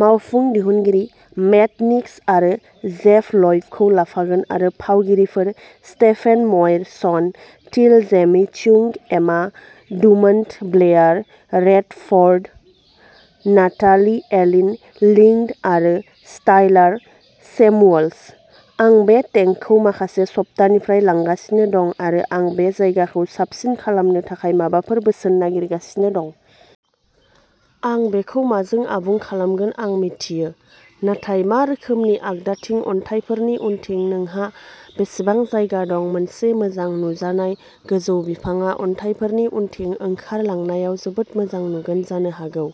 मावफुं दिहुनगिरि Matt Nix आरो जेफ ल'इबखौ लाफागोन आरो फावगिरिफोर Stephen Moyer Sean Teale Jamie Chung Emma Dumont Blair Redford Natalie Alyn Lind आरो स्काइलार सेमुअल्स। आं बे टेंकखौ माखासे सप्तानिफ्राय लांगासिनो दं आरो आं बे जायगाखौ साबसिन खालामनो थाखाय माबाफोर बोसोन नागिरगासिनो दं। आं बेखौ माजों आबुं खालामगोन आं मिथियो नाथाय मा रोखोमनि आगदाथिं अन्थाइफोरनि उनथिं नोंहा बेसेबां जायगा दं मोनसे मोजां नुजानाय गोजौ बिफांआ अन्थाइफोरनि उनथिं ओंखारलांनायाव जोबोद मोजां नुगोन जानो हागौ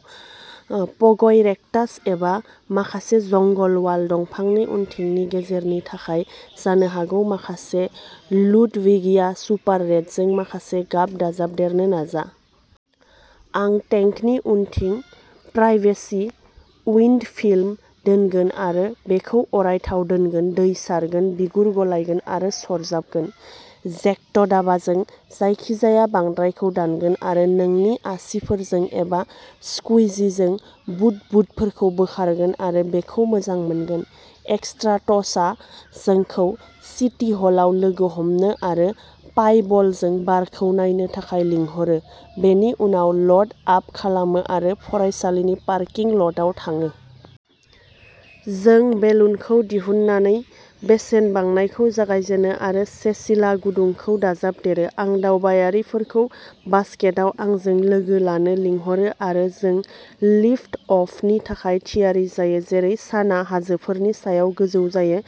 प'ग'इरेक्टास एबा माखासे जंगल वाल दंफांनि उनथिंनि गेजेरनि थाखाय जानो हागौ माखासे लुडविगिया सुपार रेडजों माखासे गाब दाजाबदेरनो नाजा। आं टेंकनि उनथिं प्राइभेसि उइन्ड'फिल्म दोनगोन आरो बेखौ अरथायाव दानगोन दै सारगोन बिगुर गलायगोन आरो सरजाबगोन जेक्ट'दाबाजों जायखिजाया बांद्रायखौ दानगोन आरो नोंनि आसिफोरजों एबा स्कुइजिजों बुद बुदफोरखौ बोखारगोन आरो बेखौ मोजां मोनगोन। एक्सट्रा टच आं जोंखौ सिटी हलाव लोगो हमनो आरो पाइ बलजों बारखौ नायनो थाखाय लिंहरो बेनि उनाव ल'ड आप खालामो आरो फरायसालिनि पार्किं ल'टआव थाङो। जों बेलुनखौ दिहुननानै बेसेन बांनायखौ जागायजेनो आरो सेसिला गुदुंखौ दाजाबदेरो। आं दावबायारिफोरखौ बास्केटआव आंजों लोगो जानो लिंहरो आरो जों लिफ्ट अफनि थाखाय थियारि जायो जेरै सानआ हाजोफोरनि सायाव गोजौ जायो।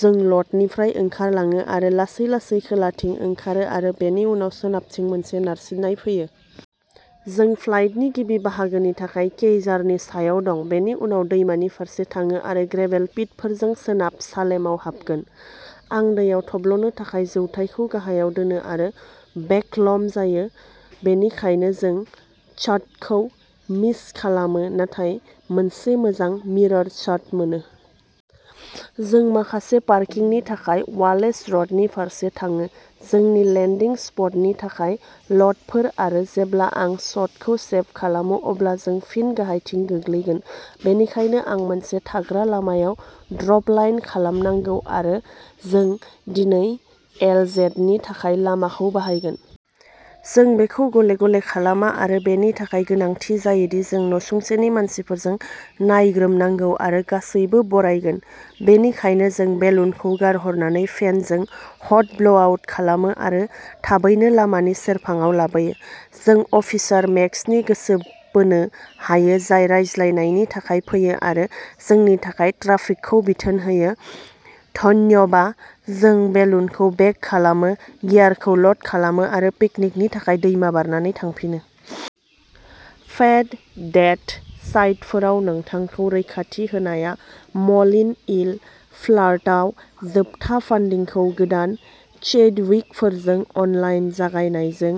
जों ल'टनिफ्राय ओंखारलाङो आरो लासै लासै खोलाथिं ओंखारो आरो बेनि उनाव सोनाबथिं मोनसे नारसिन्नाय फैयो। जों फ्लाइटनि गिबि बाहागोनि थाखाय केइजारनि सायाव दं बेनि उनाव दैमानि फारसे थाङो आरो ग्रेभेल पिटफोरजों सोनाब सालेमआव हाबगोन। आं दैयाव थब्लनो थाखाय जौथाइखौ गाहायाव दोनो आरो बेकलम जायो बेनिखायनो जों शटखौ मिस खालामो नाथाय मोनसे मोजां मिरर शट मोनो। जों माखासे पार्किंनि थाखाय वालेस र'डनि फारसे थाङो। जोंनि लेन्दिं स्पटनि थाखाय ल'टफोर आरो जेब्ला आं शटखौ सेब खालामो अब्ला जों फिन गाहायथिं गोग्लैगोन बेनिखायनो आं मोनसे थाग्रा लामायाव ड्रप लाइन खालामनांगौ आरो जों दिनै एलजेडनि थाखाय लामाखौ बाहायगोन। जों बेखौ गले गले खालामा आरो बेनि थाखाय गोनांथि जायो दि जों नसुंसेनि मानसिफोरजों नायग्रोमनांगौ आरो गासैबो बरायगोन बेनिखायनो जों बेलुनखौ गारहरनानै फेनजों हट ब्ल'आउट खालामो आरो थाबैनो लामानि सेरफाङाव लाबोयो। जों अफिसार मेक्सनि गोसो बोनो हायो जाय रायज्लायनायनि थाखाय फैयो आरो जोंनि थाखाय ट्राफिकखौ बिथोन होयो धन्यबा जों बेलुनखौ बेग खालामो गियारखौ ल'ड खालामो आरो पिकनिकनि थाखाय दैमा बारनानै थांफिनो। फेद डेट साइटफोराव नोंथांखौ रैखाथि होनाया म'लिन इल फ्लार्टआव जोबथा फान्डिंखौ गोदान चैडविकफोरजों अनलाइन जागायनायजों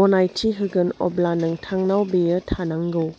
गनायथि होगोन अब्ला नोंथांनाव बेयो थानांगौ।